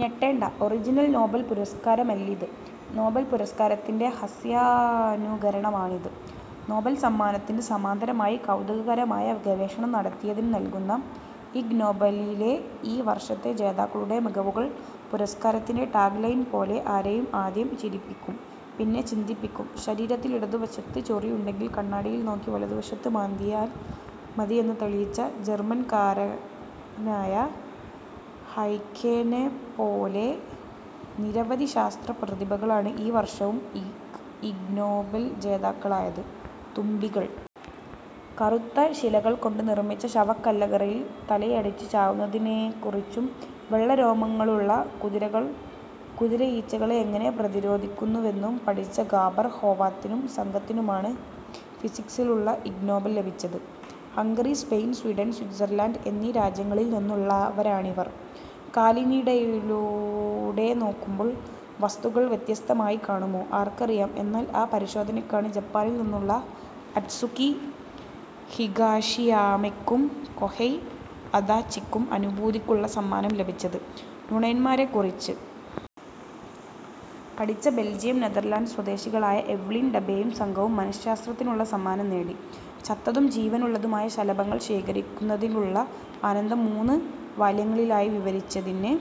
ഞെട്ടേണ്ട, original Nobel പുരസ്കാരമല്ലിത്. Nobel പുരസ്കാരത്തിന്റെ ഹാസ്യാനുകരണമാണിത്. നൊബേൽ സമ്മാനത്തിന് സമാന്തരമായി കൗതുകകരമായ ഗവേഷണം നടത്തിയതിന് നൽകുന്ന ഇഗ് നൊബേലിലെ ഈ വർഷത്തെ ജേതാക്കളുടെ മികവുകൾ പുരസ്കാരത്തിന്റെ ടാഗ് ലൈൻ പോലെ ആരെയും ആദ്യം ചിരിപ്പിക്കും പിന്നെ ചിന്തിപ്പിക്കും. ശരീരത്തിൽ ഇടതുവശത്ത് ചൊറിയുണ്ടെങ്കിൽ കണ്ണാടിയിൽ നോക്കി വലതുവശത്ത് മാന്തിയാൽ മതിയെന്ന് തെളിയിച്ച ജർമൻകാരനായ ഹെഖെനെപ്പോലെ നിരവധി ശാസ്ത്ര പ്രതിഭകളാണ് ഈ വർഷവും ഇഗ് നൊബേൽ ജേതാക്കളായത്. തുമ്പികൾ കറുത്ത ശിലകൾകൊണ്ട് നിർമിച്ച ശവക്കല്ലറകളിൽ തലയടിച്ച് ചാവുന്നതിനെക്കുറിച്ചും വെള്ളരോമങ്ങളുള്ള കുതിരകൾ കുതിരയീച്ചകളെ എങ്ങനെ പ്രതിരോധിക്കുന്നുവെന്നും പഠിച്ച ഗാബർ ഹോവാത്തിനും സംഘത്തിനുമാണ് ഫിസിക്സിലുള്ള ഇഗ് നൊബേൽ ലഭിച്ചത്. ഹംഗറി സ്പെയിൻ സ്വീഡൻ സ്വിറ്റ്സർലൻഡ് എന്നീ രാജ്യങ്ങളിൽ നിന്നുള്ളവരാണിവർ. കാലിനിടയിലൂടെ നോക്കുമ്പോൾ വസ്തുക്കൾ വ്യത്യസ്തമായി കാണുമോ. ആർക്കറിയാം. എന്നാൽ ആ പരിശോധനയ്ക്കാണ് ജപ്പാനിൽ നിന്നുള്ള അറ്റ്സുകി ഹിഗാശിയാമയ്ക്കും കൊഹൈ അദാച്ചിക്കും അനുഭൂതിക്കുള്ള സമ്മാനം ലഭിച്ചത്. നുണയന്മാരെക്കുറിച്ച് പഠിച്ച ബെൽജിയം നെതർലാൻഡ് സ്വദേശികളായ എവ്ലിൻ ഡെബേയും സംഘവും മനശ്ശാസ്ത്രത്തിനുള്ള സമ്മാനം നേടി. ചത്തതും ജീവനുള്ളതുമായ ശലഭങ്ങൾ ശേഖരിക്കുന്നതിലുള്ള ആനന്ദം മൂന്ന് വാല്യങ്ങളിലായി വിവരിച്ചതിന്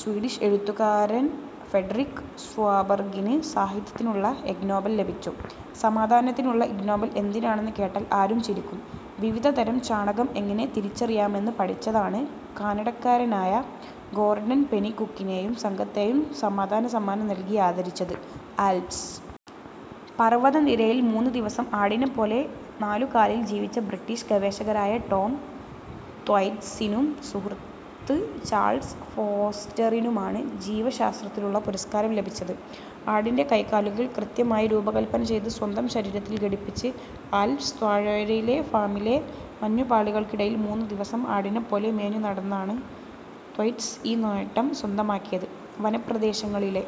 സ്വീഡിഷ് എഴുത്തുകാരൻ ഫ്രെഡറിക് സ്വോബർഗിന് സാഹിത്യത്തിനുള്ള ഇഗ് നൊബേൽ ലഭിച്ചു. സമാധാനത്തിനുള്ള ഇഗ് നൊബേൽ എന്തിനാണെന്ന് കേട്ടാൽ ആരും ചിരിക്കും. വിവിധതരം ചാണകം എങ്ങനെ തിരിച്ചറിയാമെന്ന് പഠിച്ചതിനാണ് കാനഡക്കാരനായ ഗോർഡൻ പെനികുക്കിനെയും സംഘത്തെയും സമാധാന സമ്മാനം നൽകി ആദരിച്ചത്. ആൽപ്സ് പർവതനിരയിൽ മൂന്ന് ദിവസം ആടിനെപ്പോലെ നാലുകാലിൽ ജീവിച്ച ബ്രിട്ടിഷ് ഗവേഷകരായ ടോം ത്വൈറ്റ്സിനും സുഹൃത്ത് ചാൾസ് ഫോസ്റ്ററിനുമാണ് ജീവശാസ്ത്രത്തിനുള്ള പുരസ്കാരം ലഭിച്ചത്. ആടിന്റെ കൈകാലുകൾ കൃത്രിമമായി രൂപകൽപ്പന ചെയ്ത് സ്വന്തം ശരീരത്തിൽ ഘടിപ്പിച്ച് ആൽപ്സ് താഴ്വരയിലെ ഫാമിലെ മഞ്ഞുപാളികൾക്കിടയിൽ മൂന്ന് ദിവസം ആടിനെപ്പോലെ മേഞ്ഞുനടന്നാണ് ത്വൈറ്റ്സ് ഈ നേട്ടം സ്വന്തമാക്കിയത്. വനപ്രദേശങ്ങളിലെ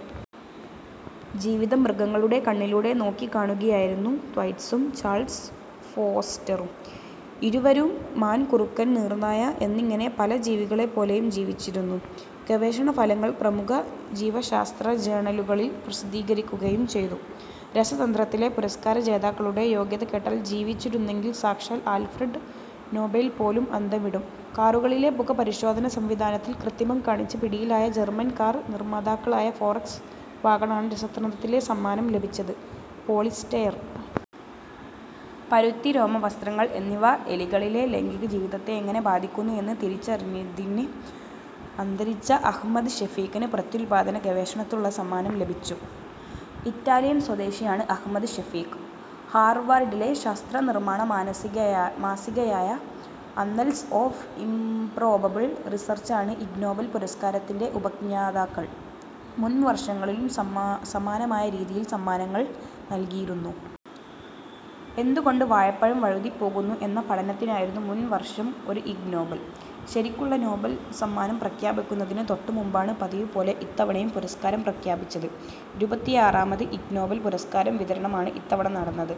ജീവിതം മൃഗങ്ങളുടെ കണ്ണിലൂടെ നോക്കിക്കാണുകയായിരുന്നു ത്വൈറ്റ്സും ചാൾസ് ഫോസ്റ്ററും. ഇരുവരും മാൻ കുറുക്കൻ നീർനായ എന്നിങ്ങനെ പല ജീവികളെപ്പോലെയും ജീവിച്ചിരുന്നു. ഗവേഷണഫലങ്ങൾ പ്രമുഖ ജീവശാസ്ത്ര ജേണലുകളിൽ പ്രസിദ്ധീകരിക്കുകയും ചെയ്തു. രസതന്ത്രത്തിലെ പുരസ്കാര ജേതാക്കളുടെ യോഗ്യത കേട്ടാൽ ജീവിച്ചിരുന്നെങ്കിൽ സാക്ഷാൽ ആൽഫ്രഡ് നൊബേൽ പോലും അന്തംവിടും. കാറുകളിലെ പുകപരിശോധനാ സംവിധാനത്തിൽ കൃത്രിമം കാണിച്ച് പിടിയിലായ ജർമൻ കാർ നിർമാതാക്കളായ ഫോക്സ് വാഗണാണ് രസതന്ത്രത്തിലെ സമ്മാനം ലഭിച്ചത്. പോളിയസ്റ്റർ പരുത്തി രോമവസ്ത്രങ്ങൾ എന്നിവ എലികളിലെ ലൈംഗികജീവിതത്തെ എങ്ങനെ ബാധിക്കുന്നു എന്ന് നിരീക്ഷിച്ചതിന് അന്തരിച്ച അഹ്മദ് ഷഫീഖിന് പ്രത്യുൽപാദന ഗവേഷണത്തിനുള്ള സമ്മാനം ലഭിച്ചു. ഇറ്റാലിയൻ സ്വദേശിയാണ് അഹ്മദ് ഷഫീഖ്. ഹാർവാർഡിലെ ശാസ്ത്രനർമ്മ മാസികയായ ആന്നൽസ് ഓഫ് ഇംപ്രോബബിൾ റിസർച്ചാണ് ഇഗ് നൊബേൽ പുരസ്കാരത്തിന്റെ ഉപജ്ഞാതാക്കൾ. മുൻവർഷങ്ങളിലും സമ്മ സമാനമായ രീതിയിൽ സമ്മാനങ്ങൾ നൽകിയിരുന്നു. എന്തുകൊണ്ട് വാഴപ്പഴം വഴുതിപ്പോകുന്നു എന്ന പഠനത്തിനായിരുന്നു മുൻവർഷം ഒരു ഇഗ് നൊബേൽ. ശരിക്കുള്ള നൊബേൽ സമ്മാനം പ്രഖ്യാപിക്കുന്നതിന് തൊട്ടുമുമ്പാണ് പതിവുപോലെ ഇത്തവണയും പുരസ്കാരം പ്രഖ്യാപിച്ചത്. ഇരുപത്തിയാറാമത് ഇഗ് നൊബേൽ പുരസ്കാര വിതരണമാണ് ഇത്തവണ നടന്നത്.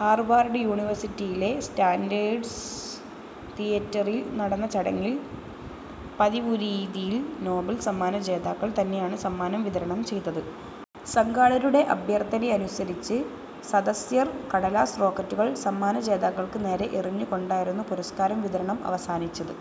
ഹാർവാർഡ് യൂണിവേഴ്സിറ്റിയിലെ സാൻഡേഴ്സ് തിയേറ്ററിൽ നടന്ന ചടങ്ങിൽ പതിവുരീതിയിൽ നൊബേൽ സമ്മാന ജേതാക്കൾ തന്നെയാണ് സമ്മാനം വിതരണം ചെയ്തത്. സംഘാടകരുടെ അഭ്യർഥനയനുസരിച്ച് സദസ്യർ കടലാസ് റോക്കറ്റുകൾ സമ്മാന ജേതാക്കൾക്ക് നേരെ എറിഞ്ഞുകൊണ്ടായിരുന്നു പുരസ്കാര വിതരണം അവസാനിച്ചത്.